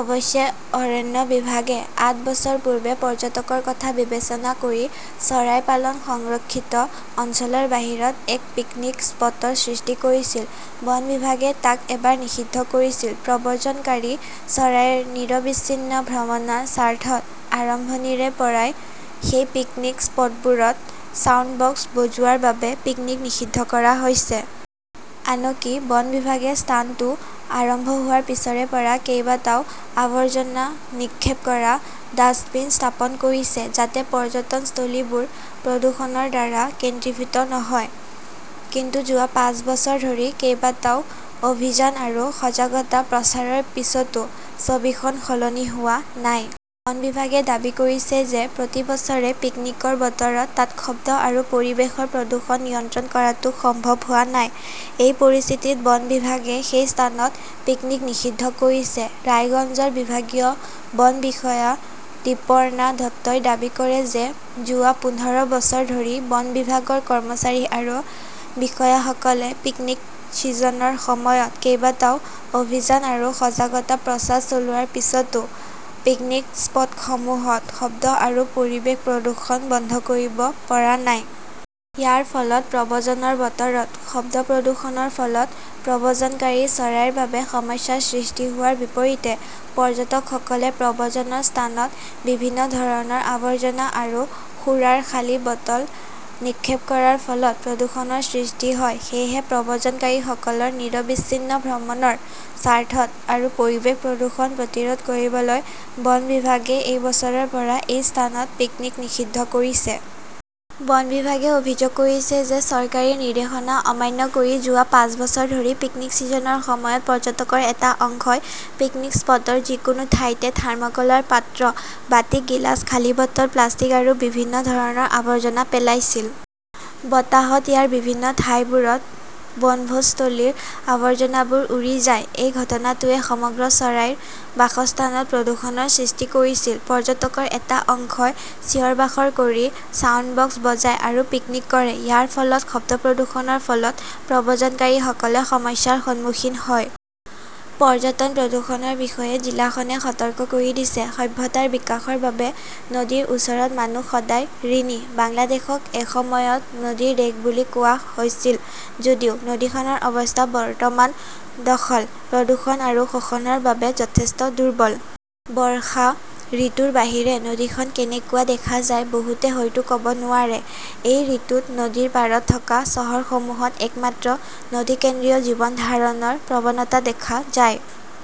অৱশ্যে, অৰণ্য বিভাগে আঠ বছৰ পূৰ্বে পৰ্যটকৰ কথা বিবেচনা কৰি চৰাই পালন সংৰক্ষিত অঞ্চলৰ বাহিৰত এক পিকনিক স্পটৰ সৃষ্টি কৰিছিল। বন বিভাগে তাক এবাৰ নিষিদ্ধ কৰিছিল। প্ৰব্ৰজনকাৰী চৰাইৰ নিৰবিচ্ছিন্ন ভ্ৰমণৰ স্বাৰ্থত আৰম্ভণিৰে পৰাই সেই পিকনিক স্পটবোৰত ছাউণ্ডবক্স বজোৱাৰ বাবে পিকনিক নিষিদ্ধ কৰা হৈছে। আনকি বন বিভাগে স্থানটো আৰম্ভ হোৱাৰ পিছৰে পৰা কেইবাটাও আৱৰ্জনা নিক্ষেপ কৰা ডাস্টবিন স্থাপন কৰিছে, যাতে পৰ্যটনস্থলীবোৰ প্ৰদূষণৰ দ্বাৰা কেন্দ্ৰীভূত নহয়। কিন্তু যোৱা পাঁচ বছৰ ধৰি কেইবাটাও অভিযান আৰু সজাগতা প্ৰচাৰৰ পিছতো ছবিখন সলনি হোৱা নাই। বন বিভাগে দাবী কৰিছে যে, প্ৰতি বছৰে পিকনিকৰ বতৰত তাত শব্দ আৰু পৰিৱেশৰ প্ৰদূষণ নিয়ন্ত্ৰণ কৰাটো সম্ভৱ হোৱা নাই। এই পৰিস্থিতিত বন বিভাগে সেই স্থানত পিকনিক নিষিদ্ধ কৰিছে। ৰায়গঞ্জৰ বিভাগীয় বন বিষয়া দীপৰ্ণা দত্তই দাবী কৰে যে, যোৱা পোন্ধৰ বছৰ ধৰি বন বিভাগৰ কৰ্মচাৰী আৰু বিষয়াসকলে পিকনিক ছিজনৰ সময়ত কেইবাটাও অভিযান আৰু সজাগতা প্ৰচাৰ চলোৱাৰ পিছতো পিকনিক স্পটসমূহত শব্দ আৰু পৰিৱেশ প্ৰদূষণ বন্ধ কৰিব পৰা নাই। ইয়াৰ ফলত প্ৰব্ৰজনৰ বতৰত শব্দ প্ৰদূষণৰ ফলত প্ৰব্যজনকাৰী চৰাইৰ বাবে সমস্যাৰ সৃষ্টি হোৱাৰ বিপৰীতে পৰ্যটকসকলে প্ৰব্ৰজনৰ স্থানত বিভিন্ন ধৰণৰ আৱৰ্জনা আৰু সুৰাৰ খালী বটল নিক্ষেপ কৰাৰ ফলত প্ৰদুষণৰ সৃষ্টি হয়। সেয়েহে, প্ৰব্ৰজনকাৰীসকলৰ নিৰবিচ্ছিন্ন ভ্ৰমণৰ স্বাৰ্থত আৰু পৰিৱেশ প্ৰদূষণ প্ৰতিৰোধ কৰিবলৈ বন বিভাগে এই বছৰৰ পৰা এই স্থানত পিকনিক নিষিদ্ধ কৰিছে। বন বিভাগে অভিযোগ কৰিছে যে, চৰকাৰী নিৰ্দেশনা অমান্য কৰি যোৱা পাঁচ বছৰ ধৰি পিকনিক ছিজনৰ সময়ত পৰ্যটকৰ এটা অংশই পিকনিক স্পটৰ যিকোনো ঠাইতে থাৰ্মকলৰ পাত্ৰ, বাটি, গিলাছ, খালী বটল, প্লাষ্টিক আৰু বিভিন্ন ধৰণৰ আৱৰ্জনা পেলাইছিল। বতাহত ইয়াৰ বিভিন্ন ঠাইবোৰত বনভোজস্থলীৰ আবৰ্জনাবোৰ উৰি যায়। এই ঘটনাটোৱে সমগ্ৰ চৰাইৰ বাসস্থানত প্ৰদূষণৰ সৃষ্টি কৰিছিল। পৰ্যটকৰ এটা অংশই চিঞৰ-বাখৰ কৰি ছাউণ্ডবক্স বজায় আৰু পিকনিক কৰে। ইয়াৰ ফলত শব্দ প্ৰদূষণৰ ফলত প্ৰব্ৰজনকাৰীসকলে সমস্যাৰ সন্মুখীন হয়। পৰ্যটন-প্ৰদূষণৰ বিষয়ে জিলাখনে সতৰ্ক কৰি দিছে । সভ্যতাৰ বিকাশৰ বাবে নদীৰ ওচৰত মানুহ সদায় ঋণী। বাংলাদেশক এসময়ত নদীৰ দেশ বুলি কোৱা হৈছিল যদিও, নদীখনৰ অৱস্থা বৰ্তমান দখল, প্ৰদূষণ আৰু শোষণৰ বাবে যথেষ্ট দুৰ্বল। বৰ্ষা ঋতুৰ বাহিৰে নদীখন কেনেকুৱা দেখা যায় বহুতে হয়তো কব নোৱাৰে। এই ঋতুত নদীৰ পাৰত থকা চহৰসমূহত একমাত্ৰ নদী-কেন্দ্ৰীয় জীৱন ধাৰণৰ প্ৰৱণতা দেখা যায় ।